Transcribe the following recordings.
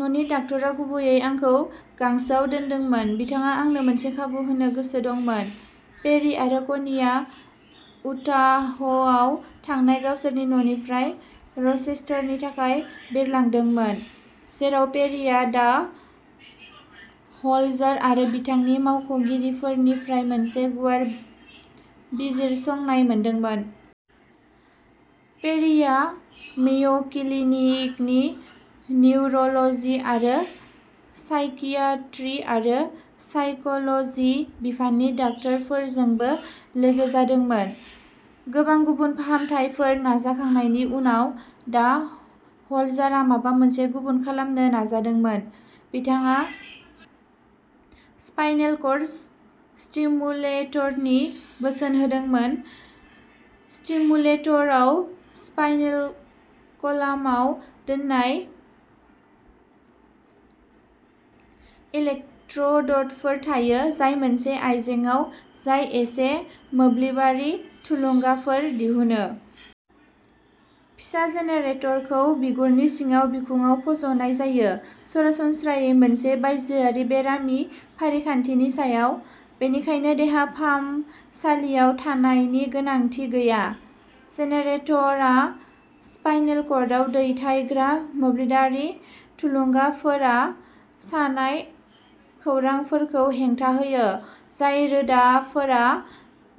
"न'नि डाक्ट'रा गुबैयै आंखौ गांसोआव दोनदोंमोन। बिथाङा आंनो मोनसे खाबु होनो गोसो दंमोन। " पेरी आरो क'नीआ उटाहआव थानाय गावसोरनि न'निफ्राय रचेस्टारनि थाखाय बिरलांदोंमोन, जेराव पेरीआ डा. ह'लजार आरो बिथांनि मावख'गिरिफोरनिफ्राय मोनसे गुवार बिजिरसंनाय मोनदोंमोन। पेरीआ मेय'क्लिनिकनि निउर'ल'जी, आरो साइकियाट्री आरो साइकोल'जी बिफाननि डाक्टारफोरजोंबो लोगो जादोंमोन। गोबां गुबुन फाहामथायफोर नाजाखांनायनि उनाव, डा. ह'लजारआ माबा मोनसे गुबुन खालामनो नाजादोंमोन। बिथाङा स्पाइनेल कर्डस स्टिमुलेटरनि बोसोन होदोंमोन। स्टिमुलेटराव स्पाइनेल कलामाव दोननाय इलेक्ट्र'डफोर थायो, जाय मोनसे आयजेंआव जाय एसे मोब्लिबारि थुलुंगाफोर दिहुनो। फिसा जेनेरेटरखौ बिगुरनि सिङाव बिखुंआव फज'नाय जायो, सरासनस्रायै मोनसे बायजोआरि बेरामि फारिखान्थिनि सायाव, बेनिखायनो देहा फाहामसालियाव थानायनि गोनांथि गैया। जेनेरेटरआ स्पाइनेल कर्डआव दैथायग्रा मोब्लिबारि थुलुंगाफोरा सानाय खौरांफोरखौ हेंथा होयो, जाय रोदाफोरा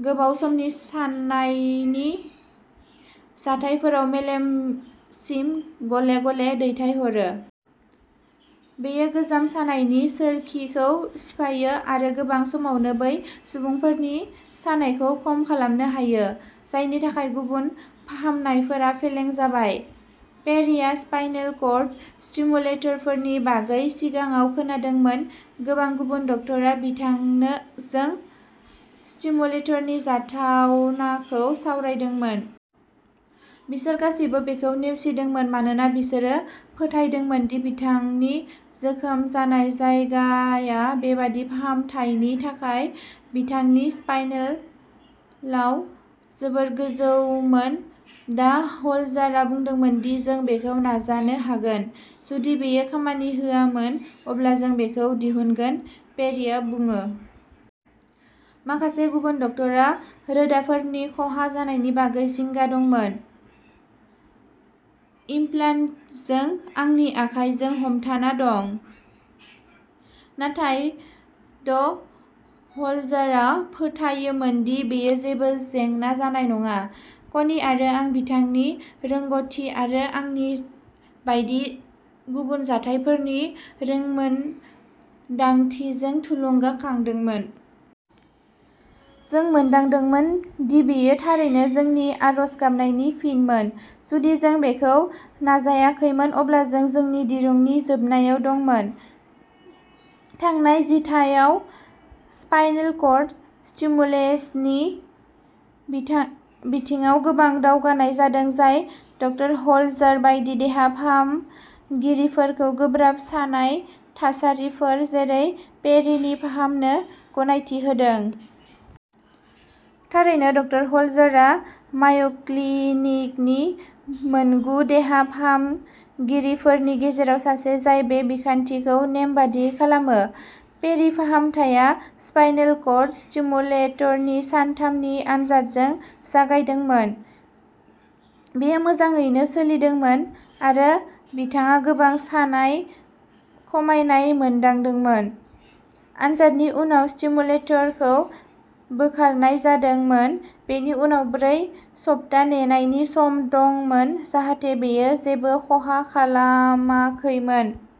गोबाव समनि सानायनि जाथायफोराव मेलेमसिम गले-गले दैथायहरो। बेयो गोजाम सानायनि सोरखिखौ सिफायो आरो गोबां समावनो बै सुबुंफोरनि सानायखौ खम खालामनो हायो, जायनि थाखाय गुबुन फाहामनायफोरा फेलें जाबाय। पेरीआ स्पाइनेल कर्ड स्टिमुलेटरफोरनि बागै सिगाङाव खोनादोंमोन। गोबां गुबुन डाक्टरा बिथांनोजों स्टिमुलेटरनि जाथावनाखौ सावरायदोंमोन। बिसोर गासैबो बेखौ नेवसिदोंमोन मानोना बिसोरो फोथायदोंमोन दि बिथांनि जोखोम जानाय जायगाया बेबादि फाहामथायनि थाखाय बिथांनि स्पाइनेलाव जोबोद गोजौमोन। "डा. ह'लजारआ बुंदोंमोन दि जों बेखौ नाजानो हागोन। जुदि बेयो खामानि होआमोन, अब्ला जों बेखौ दिहुनगोन", पेरीआ बुङो। "माखासे गुबुन डाक्टरा रोदाफोरनि खहा जानायनि बागै जिंगा दंमोन। इमप्लान्टजों आंनि आखाइजों हमथाना दं। नाथाय ड. ह'लजारआ फोथायोमोन दि बेयो जेबो जेंना जानाय नङा। कनि आरो आं बिथांनि रोंग'थि आरो आंनि बायदि गुबुन जाथायफोरनि रोंमोनदांथिजों थुलुंगाखांजादोंमोन। जों मोनदांदोंमोन दि बेयो थारैनो जोंनि आरज गाबनायनि फिनमोन। जुदि जों बेखौ नाजायाखैमोन, अब्ला जों जोंनि दिरुंनि जोबनायाव दंमोन। "थांनाय जिथाइयाव स्पाइनेल कर्ड स्टिमुलेसननि बिथिङाव गोबां दावगानाय जादों जाय ड. ह'लजार बायदि देहा फाहामगिरिफोरखौ गोब्राब सानाय थासारिफोर, जेरै पेरिनि फाहामनो गनायथि होदों। थारैनो, ड. ह'लजारआ माय'क्लिनिकनि मोनगु देहा फाहामगिरिफोरनि गेजेराव सासे जाय बे बिखान्थिखौ नेमबादियै खालामो। पेरिनि फाहामथाया स्पाइनेल कर्ड स्टिमुलेटरनि सानथामनि आनजादजों जागायदोंमोन। बेयो मोजाङैनो सोलिदोंमोन, आरो बिथाङा गोबां सानाय खमायनाय मोनदांदोंमोन। आनजादनि उनाव, स्टिमुलेटरखौ बोखारनाय जादोंमोन, बेनि उनाव ब्रै सप्ता नेनायनि सम दंमोन जाहाथे बेयो जेबो खहा खालामाखैमोन।